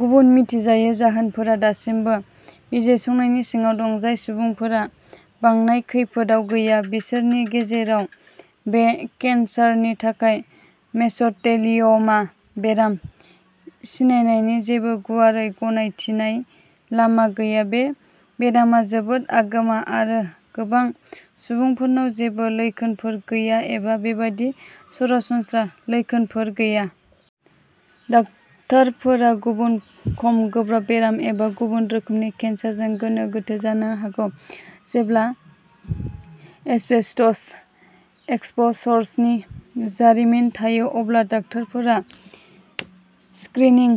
गुबुन मिथिजायै जाहोनफोरा दासिमबो बिजिरसंनायनि सिङाव दं। जाय सुबुंफोरा बांनाय खैफोदआव गैया बिसोरनि गेजेराव बे केन्सारनि थाखाय मेस'थेलिय'मा बेराम सिनायनायनि जेबो गुवारै गनायथिनाय लामा गैया। बे बेरामा जोबोद आगोमा आरो गोबां सुबुंफोरनाव जेबो लैखोनफोर गैया एबा बेबादि सरासनस्रा लैखोनफोर गैया। डाक्टारफोरा गुबुन खम गोब्राब बेराम एबा गुबुन रोखोमनि केन्सारजों गोनो गोथो जानो हागौ। जेब्ला एस्बेस्टस एक्सप'सरसनि जारिमिन थायो अब्ला डक्टरफोरा स्क्रिनिं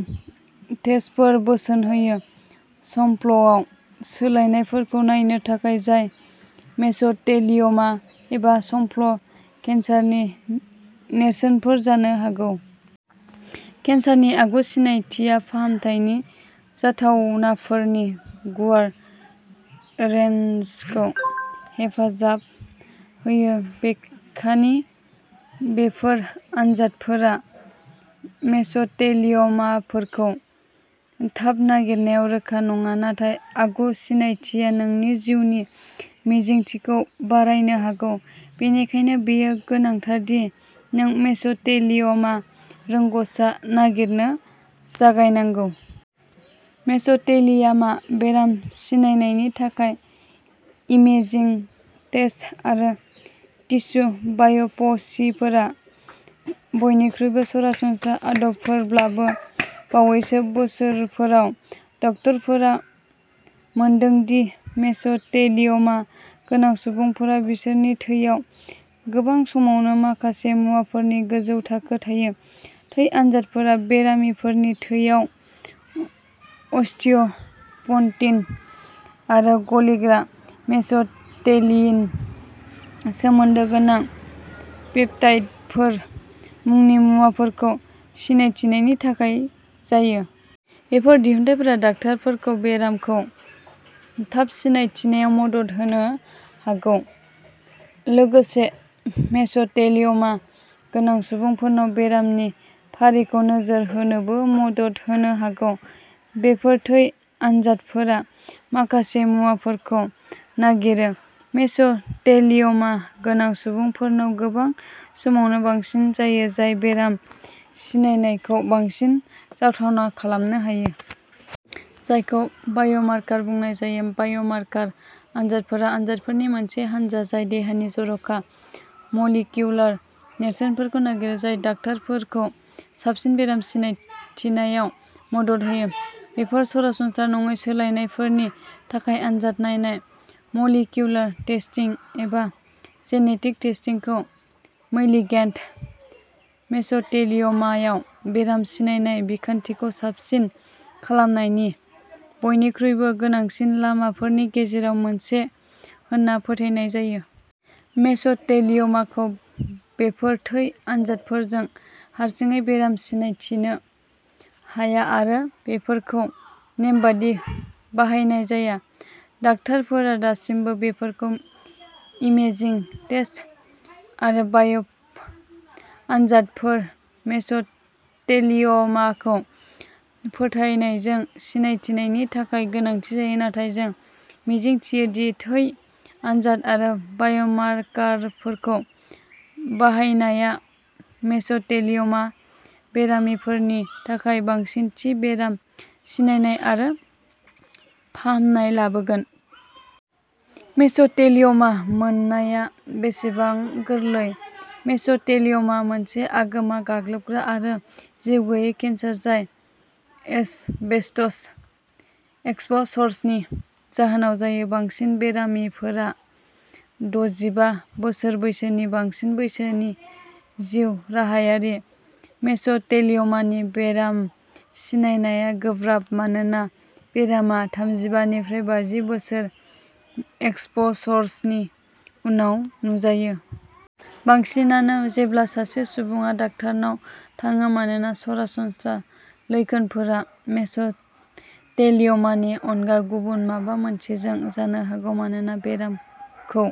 टेस्टफोर बोसोन होयो। संफ्ल'आव सोलायनायफोरखौ नायनो थाखाय जाय मेस'थेलिय'मा एबा संफ्ल' केन्सारनि नेरसोनफोर जानो हागौ। केनसारनि आगु सिनायथिया फाहामथायनि जाथावनाफोरनि गुवार रेनजखौ हेफाजाब होयो। बेखानि बेफोर आनजादफोरा मेस'थेलिय'माफोरखौ थाब नागिरनायाव रोखा नङा। नाथाय आगु सिनायथिया नोंनि जिउनि मिजिंथिखौ बारायनो हागौ। बेनिखायनो बेयो गोनांथार दि नों मेस'थेलिय'मा रोंग'सा नागिरनो जागायनांगौ। मेस'थेलिय'मा बेराम सिनायनायनि थाखाय इमेजिं टेस्ट आरो टिस्यु बाय'पसीफोरा बयनिख्रुइबो सरासनस्रा आदबफोरब्लाबो, बावैसो बोसोरफोराव डक्टरफोरा मोनदों दि मेस'थेलिय'मा गोनां सुबुंफोरा बिसोरनि थैयाव गोबां समावनो माखासे मुवाफोरनि गोजौ थाखो थायो। थै आनजादफोरा बेरामिफोरनि थैयाव अस्टिय' पन्टिन आरो गलिग्रा मेस'थेलिन सोमोन्दो गोनां पेप्टाइडफोर मुंनि मुवाफोरखौ सिनायथिनायनि थाखाय जायो। बेफोर दिहुनथायफोरा डाक्टारफोरखौ बेरामखौ थाब सिनायथिनायाव मदद होनो हागौ। लोगोसे मेस'थेलिय'मा गोनां सुबुंफोरनाव बेरामनि फारिखौ नोजोर होनोबो मदद होनो हागौ। बेफोर थै आनजादफोरा माखासे मुवाफोरखौ नागिरो। मेस'थेलिय'मा गोनां सुबुंफोरनाव गोबां समावनो बांसिन जायो जाय बेराम सिनायनायखौ बांसिन जाथावना खालामनो हायो। जायखौ बाय'मार्कार बुंनाय जायो। बाय'मार्कार आनजादफोरा आनजादफोरनि मोनसे हानजा जाय देहानि जर'खा मलिकिउलार नेरसोनफोरखौ नागिरो। जाय डाक्टारफोरखौ साबसिन बेराम सिनायथिनायाव मदद होयो। बेफोर सरासनस्रा नङै सोलायनायफोरनि थाखाय आनजाद नायनाय मलिकिउलार टेस्टिं एबा जेनेटिक टेस्टिं खौ मैलिगेन्ट मेस'थेलिय'मायाव बेराम सिनायनाय बिखान्थिखौ साबसिन खालामनायनि बयनिख्रुइबो गोनांसिन लामाफोरनि गेजेराव मोनसे होनना फोथायनाय जायो। मेस'थेलिय'माखौ बेफोर थै आनजादफोरजों हारसिङै बेराम सिनायथिनो हाया आरो बेफोरखौ नेमबादि बाहायनाय जाया। डाक्टारफोरा दासिमबो बेफोरखौ इमेजिं टेस्ट आरो बाय'प आनजादफोर मेस'थेलिय'माखौ फोथायनायजों सिनायथिनायनि थाखाय गोनांथि जायो। नाथाय जों मिजिंथियो दि थै आनजाद आरो बाय'मारकारफोरखौ बाहायनाया मेस'थेलिय'मा बेरामिफोरनि थाखाय बांसिन थि बेराम सिनायनाय आरो फाहामनाय लाबोगोन। मेस'थेलिय'मा मोननाया बेसेबां गोरलै? मेस'थेलिय'मा मोनसे आगोमा गाग्लोबग्रा आरो जिउगैयै केन्सार जाय एसबेस्टस एक्सप'सर्सनि जाहोनाव जायो। बांसिन बेरामिफोरा द’जिबा बोसोर बैसोनि बांसिन बैसोनि जिउ राहायारि। मेस'थेलिय'मानि बेराम सिनायनाया गोब्राब। मानोना बेरामा थामजिबा निफ्राय बाजि बोसोर एक्सप'सरसनि उनाव नुजायो। बांसिनानो जेब्ला सासे सुबुङा डाक्टारनाव थाङो मानोना सरासनस्रा लैखोनफोरा मेस'थेलिय'मानि अनगा गुबुन माबा मोनसेजों जानो हागौ। मानोना बेरामखौ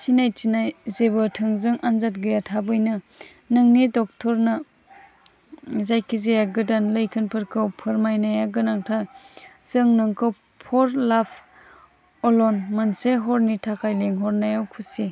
सिनायथिनाय जेबो थोंजों आनजाद गैया। थाबैनो नोंनि डक्टरनो जायखिजाया गोदान लैखोनफोरखौ फोरमायनाया गोनांथार। जों नोंखौ फर लाभ अल'न, मोनसे हरनि थाखाय लिंहरनायाव खुसि।